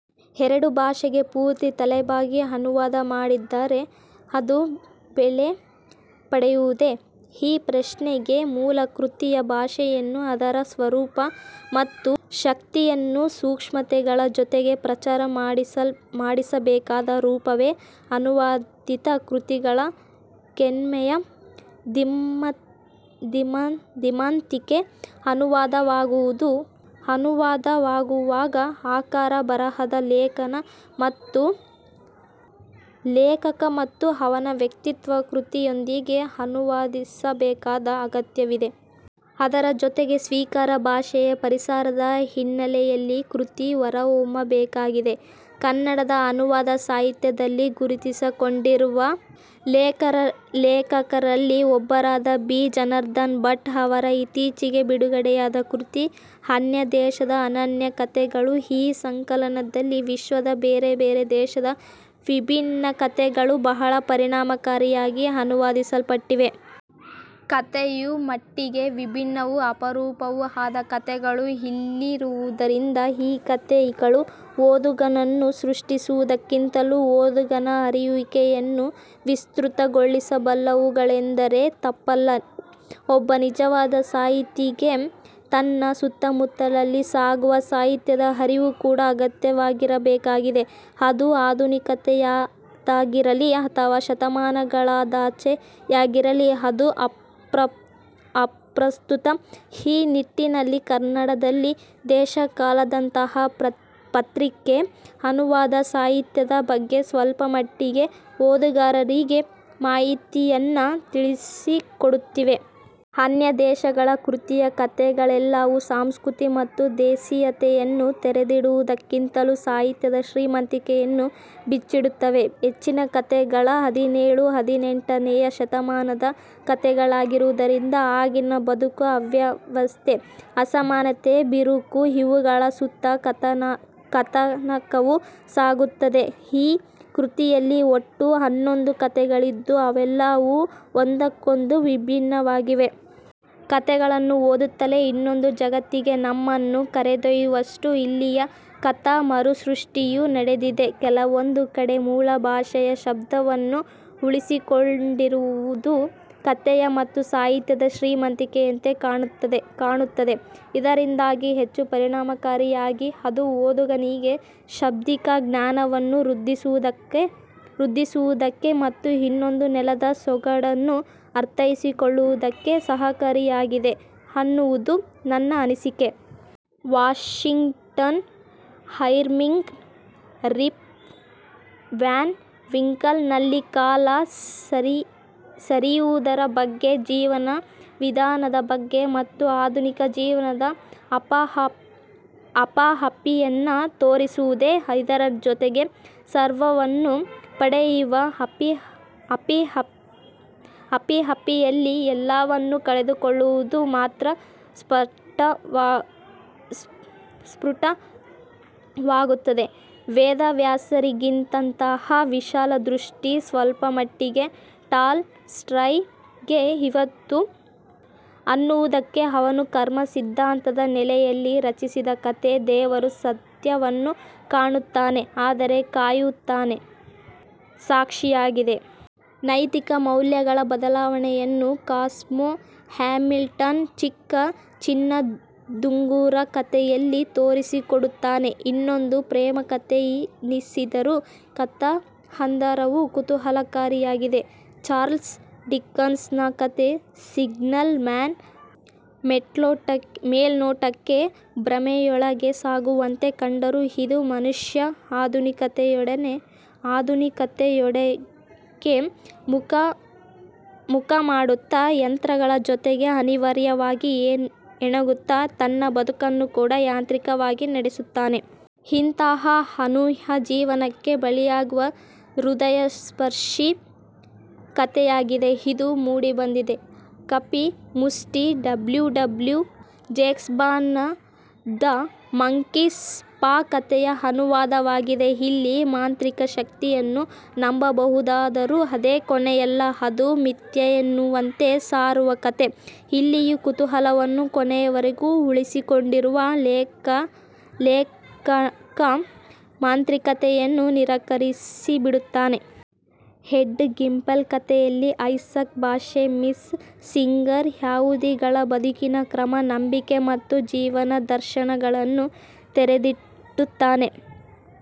ಎರಡು ಭಾಷೆಗೆ ಪೂರ್ತಿ ತಲೆಬಾಗಿ ಅನುವಾದ ಮಾಡಿದರೆ ಅದು ಬೆಲೆ ಪಡೆಯುವುದೆ? ' ಈ ಪ್ರಶ್ನೆಗೆ ಮೂಲ ಕೃತಿಯ ಭಾಷೆಯನ್ನು ಅದರ ಸ್ವರೂಪ ಮತ್ತು ಶಕ್ತಿಯನ್ನು ಸೂಕ್ಷ್ಮತೆಗಳ ಜೊತೆಗೆ ಪ್ರಚಾರ ಪಡಿಸಬೇಕಾದ ರೂಪವೇ ಅನುವಾದಿತ ಕೃತಿಗಳ ಗೆಲ್ಮೆಯ ಧೀಮಂತಿಕೆ. ಅನುವಾದವಾಗುವಾಗ ಆಕರ ಬರಹದ ಲೇಖಕ ಮತ್ತು ಅವನ ವ್ಯಕ್ತಿತ್ವದ ಕೃತಿಯೊಂದಿಗೆ ಅನುವಾದಿಸಬೇಕಾದ ಅಗತ್ಯವಿದೆ. ಅದರ ಜೊತೆಗೆ ಸ್ವೀಕಾರ ಭಾಷೆಯ ಪರಿಸರದ ಹಿನ್ನಲೆಯಲ್ಲಿ ಕೃತಿ ಹೊರಹೊಮ್ಮಬೇಕಾಗಿದೆ. ಕನ್ನಡದ ಅನುವಾದ ಸಾಹಿತ್ಯದಲ್ಲಿ ಗುರುತಿಸಿಕೊಂಡಿರುವ ಲೇಖಕರಲ್ಲಿ ಒಬ್ಬರಾದ 'ಬಿ. ಜನಾರ್ಧನ ಭಟ್' ಅವರ ಇತ್ತೀಚೆಗೆ ಬಿಡುಗಡೆಯಾದ ಕೃತಿ 'ಅನ್ಯ ದೇಶದ ಅನನ್ಯ ಕತೆಗಳು'. ಈ ಸಂಕಲನದಲ್ಲಿ ವಿಶ್ವದ ಬೇರೆ ಬೇರೆ ದೇಶದ ವಿಭಿನ್ನ ಕಥೆಗಳು ಬಹಳ ಪರಿಣಾಮಕಾರಿಯಾಗಿ ಅನುವಾದಿಸಲ್ಪಟ್ಟಿವೆ. ಕಥೆಯ ಮಟ್ಟಿಗೆ ವಿಭಿನ್ನವೂ, ಅಪರೂಪವೂ ಆದ ಕಥೆಗಳು ಇಲ್ಲಿರುವುದರಿಂದ ಈ ಕಥೆಗಳು ಓದುಗನನ್ನು ಸೃಷ್ಟಿಸುವುದಕ್ಕಿಂತಲೂ ಓದುಗನ ಅರಿಯುವಿಕೆಯನ್ನು ವಿಸೃತಗೊಳಿಸಬಲ್ಲವುಗಳೆಂದರೆ ತಪ್ಪಲ್ಲ. ಒಬ್ಬ ನಿಜವಾದ ಸಾಹಿತಿಗೆ ತನ್ನ ಸುತ್ತಮುತ್ತಲಲ್ಲಿ ಸಾಗುವ ಸಾಹಿತ್ಯದ ಅರಿವು ಕೂಡ ಅಗತ್ಯವಾಗಿಬೇಕಾಗಿದೆ. ಅದು ಆಧುನಿಕತೆಯದ್ದಾಗಿರಲಿ ಅಥವಾ ಶತಮಾನಗಳಾದಾಚೆಯಾಗಿರಲಿ, ಅದು ಅಪ್ರಸ್ತುತ. ಈ ನಿಟ್ಟಿನಲ್ಲಿ ಕನ್ನಡದಲ್ಲಿ 'ದೇಶಕಾಲ'ದಂತಹ ಪತ್ರಿಕೆ ಅನುವಾದ ಸಾಹಿತ್ಯದ ಬಗ್ಗೆ ಸ್ವಲ್ಪ ಮಟ್ಟಿಗೆ ಓದುಗರಿಗೆ ಮಾಹಿತಿಯನ್ನ ತಿಳಿಸಿಕೊಡುತ್ತಿದೆ. 'ಅನ್ಯ ದೇಶಗಳ' ಕೃತಿಯ ಕಥೆಗಳೆಲ್ಲವೂ ಸಂಸ್ಕೃತಿ ಮತ್ತು ದೇಸೀಯತೆಯನ್ನು ತೆರೆದಿಡುವುದಕ್ಕಿಂತಲೂ ಸಾಹಿತ್ಯದ ಶ್ರೀಮಂತಿಕೆಯನ್ನು ಬಿಚ್ಚಿಡುತ್ತವೆ. ಹೆಚ್ಚಿನ ಕಥೆಗಳು ಹದಿನೇಳು, ಹದಿನೆಂಟನೆಯ ಶತಮಾನದ ಕಥೆಗಳಾಗಿರುವುದರಿಂದ ಆಗಿನ ಬದುಕು, ಅವ್ಯವಸ್ಥೆ, ಅಸಮಾನತೆ, ಬಿರುಕು ಇವುಗಳ ಸುತ್ತಾ ಕಥನಕವು ಸಾಗುತ್ತದೆ. ಈ ಕೃತಿಯಲ್ಲಿ ಒಟ್ಟು ಹನ್ನೊಂದು ಕಥೆಗಳಿದ್ದು ಅವೆಲ್ಲವೂ ಒಂದಕ್ಕೊಂದು ವಿಭಿನ್ನವಾಗಿವೆ. ಕಥೆಗಳನ್ನು ಓದುತ್ತಲೇ ಇನ್ನೊಂದು ಜಗತ್ತಿಗೆ ನಮ್ಮನ್ನು ಕರೆದೊಯ್ಯುವಷ್ಟು ಇಲ್ಲಿಯ ಕಥಾ ಮರುಸೃಷ್ಟಿಯೂ ನಡೆದಿದೆ. ಕೆಲವೊಂದು ಕಡೆ ಮೂಲ ಭಾಷೆಯ ಶಬ್ದವನ್ನು ಉಳಿಸಿಕೊಂಡಿರುವುದು ಕಥೆಯ ಮತ್ತು ಸಾಹಿತ್ಯದ ಶ್ರೀಮಂತಿಕೆಯಂತೆ ಕಾಣುತ್ತದೆ. ಇದರಿಂದಾಗಿ ಹೆಚ್ಚು ಪರಿಣಾಮಕಾರಿಯಾಗಿ ಅದು ಓದುಗನಿಗೆ ಶಾಬ್ದಿಕ ಜ್ಞಾನವನ್ನೂ ವೃದ್ಧಿಸುವುದಕ್ಕೆ ಮತ್ತು ಇನ್ನೊಂದು ನೆಲದ ಸೊಗಡನ್ನು ಅರ್ಥೈಸಿಕೊಳ್ಳುವುದಕ್ಕೆ ಸಹಕಾರಿಯಾಗಿದೆ ಅನ್ನುವುದು ನನ್ನ ಅನಿಸಿಕೆ. ವಾಷಿಂಗ್ಟನ್ ಐರ್ವಿಂಗ್ನ 'ರಿಪ್ ವ್ಯಾನ್ ವಿಂಕಲ್'ನಲ್ಲಿ ಕಾಲ ಸರಿಯುವುದರ ಬಗ್ಗೆ, ಜೀವನ ವಿಧಾನದ ಬಗ್ಗೆ ಮತ್ತು ಆಧುನಿಕ ಜೀವನದ ಹಪಹಪಿಯನ್ನ ತೋರಿಸುತ್ತದೆ. ಇದರ ಜೊತೆಗೆ ಸರ್ವವನ್ನೂ ಪಡೆಯುವ ಹಪಿಹಪಿಯಲ್ಲಿ ಎಲ್ಲವನ್ನೂ ಕಳೆದುಕೊಳ್ಳುವುದು ಮಾತ್ರ ಸ್ಪುಟವಾಗುತ್ತದೆ. ವೇದವ್ಯಾಸರಿಗಿದ್ದಂತಹ ವಿಶಾಲ ದೃಷ್ಟಿ ಸ್ವಲ್ಪಮಟ್ಟಿಗೆ ಟಾಲ್ ಸ್ಟಾಯ್ ಗೆ ಇತ್ತು ಅನ್ನುವುದಕ್ಕೆ ಅವನು ಕರ್ಮಸಿದ್ಧಾಂತದ ನೆಲೆಯಲ್ಲಿ ರಚಿಸಿದ ಕಥೆ, 'ದೇವರು ಸತ್ಯವನ್ನು ಕಾಣುತ್ತಾನೆ, ಆದರೆ ಕಾಯುತ್ತಾನೆ' ಸಾಕ್ಷಿಯಾಗಿದೆ. ನೈತಿಕ ಮೌಲ್ಯಗಳ ಬದಲಾವಣೆಯನ್ನು ಕಾಸ್ಮೋ ಹ್ಯಾಮಿಲ್ಟನ್ 'ಚಿಕ್ಕ ಚಿನ್ನದುಂಗುರ' ಕಥೆಯಲ್ಲಿ ತೋರಿಸಿಕೊಡುತ್ತಾನೆ. ಇದೊಂದು ಪ್ರೇಮಕಥೆಯಿನಿಸಿದರೂ ಕಥಾ ಹಂದರವು ಕುತೂಹಲಕಾರಿಯಾಗಿದೆ. ಚಾರ್ಲ್ಸ್ ಡಿಕನ್ಸ್ನ ಕಥೆ 'ಸಿಗ್ನಲ್ ಮನ್' ಮೇಲ್ನೋಟಕ್ಕೆ ಭ್ರಮೆಯೊಳಗೆ ಸಾಗುವಂತೆ ಕಂಡರೂ ಇದು ಮನುಷ್ಯ ಆಧುನಿಕತೆಯೆಡೆಗೆ ಮುಖಮಾಡುತ್ತಾ ಯಂತ್ರಗಳ ಜೊತೆಗೆ ಅನಿವಾರ್ಯವಾಗಿ ಏಗುತ್ತಾ ತನ್ನ ಬದುಕನ್ನು ಕೂಡ ಯಾಂತ್ರಿಕವಾಗಿ ನಡೆಸುತ್ತಾನೆ. ಇಂತಹ ಅನೂಹ್ಯ ಜೀವನಕ್ಕೆ ಬಲಿಯಾಗುವ ಹೃದಯಸ್ಪರ್ಶಿ ಕಥೆಯಾಗಿದೆ ಇದು ಮೂಡಿಬಂದಿದೆ. 'Kapi Mushti' W W Jacobs ನ 'ದ ಮಂಕೀಸ್ ಪಾ' ಕಥೆಯ ಅನುವಾದವಾಗಿದೆ. ಇಲ್ಲಿ ಮಾಂತ್ರಿಕ ಶಕ್ತಿಯನ್ನು ನಂಬಬಹುದಾದರೂ ಅದೇ ಕೊನೆಯಲ್ಲ. ಅದು ಮಿಥ್ಯೆಯೆನ್ನುವಂತೆ ಸಾರುವ ಕಥೆ. ಇಲ್ಲಿಯೂ ಕುತೂಹಲವನ್ನು ಕೊನೆಯವರೆಗೂ ಉಳಿಸಿಕೊಂಡಿರುವ ಲೇಖಕ ಮಾಂತ್ರಿಕತೆಯನ್ನು ನಿರಾಕರಿಸಿಬಿಡುತ್ತಾನೆ. 'ಹೆಡ್ಡ ಗಿಂಪೆಲ್' ಕಥೆಯಲ್ಲಿ ಐಸಾಕ್ ಬಾಷೆವಿಸ್ ಸಿಂಗರ್ ಯಹೂದಿಗಳ ಬದುಕಿನ ಕ್ರಮ, ನಂಬಿಕೆ ಮತ್ತು ಜೀವನದರ್ಶನಗಳನ್ನು ತೆರೆದಿಡುತ್ತಾನೆ.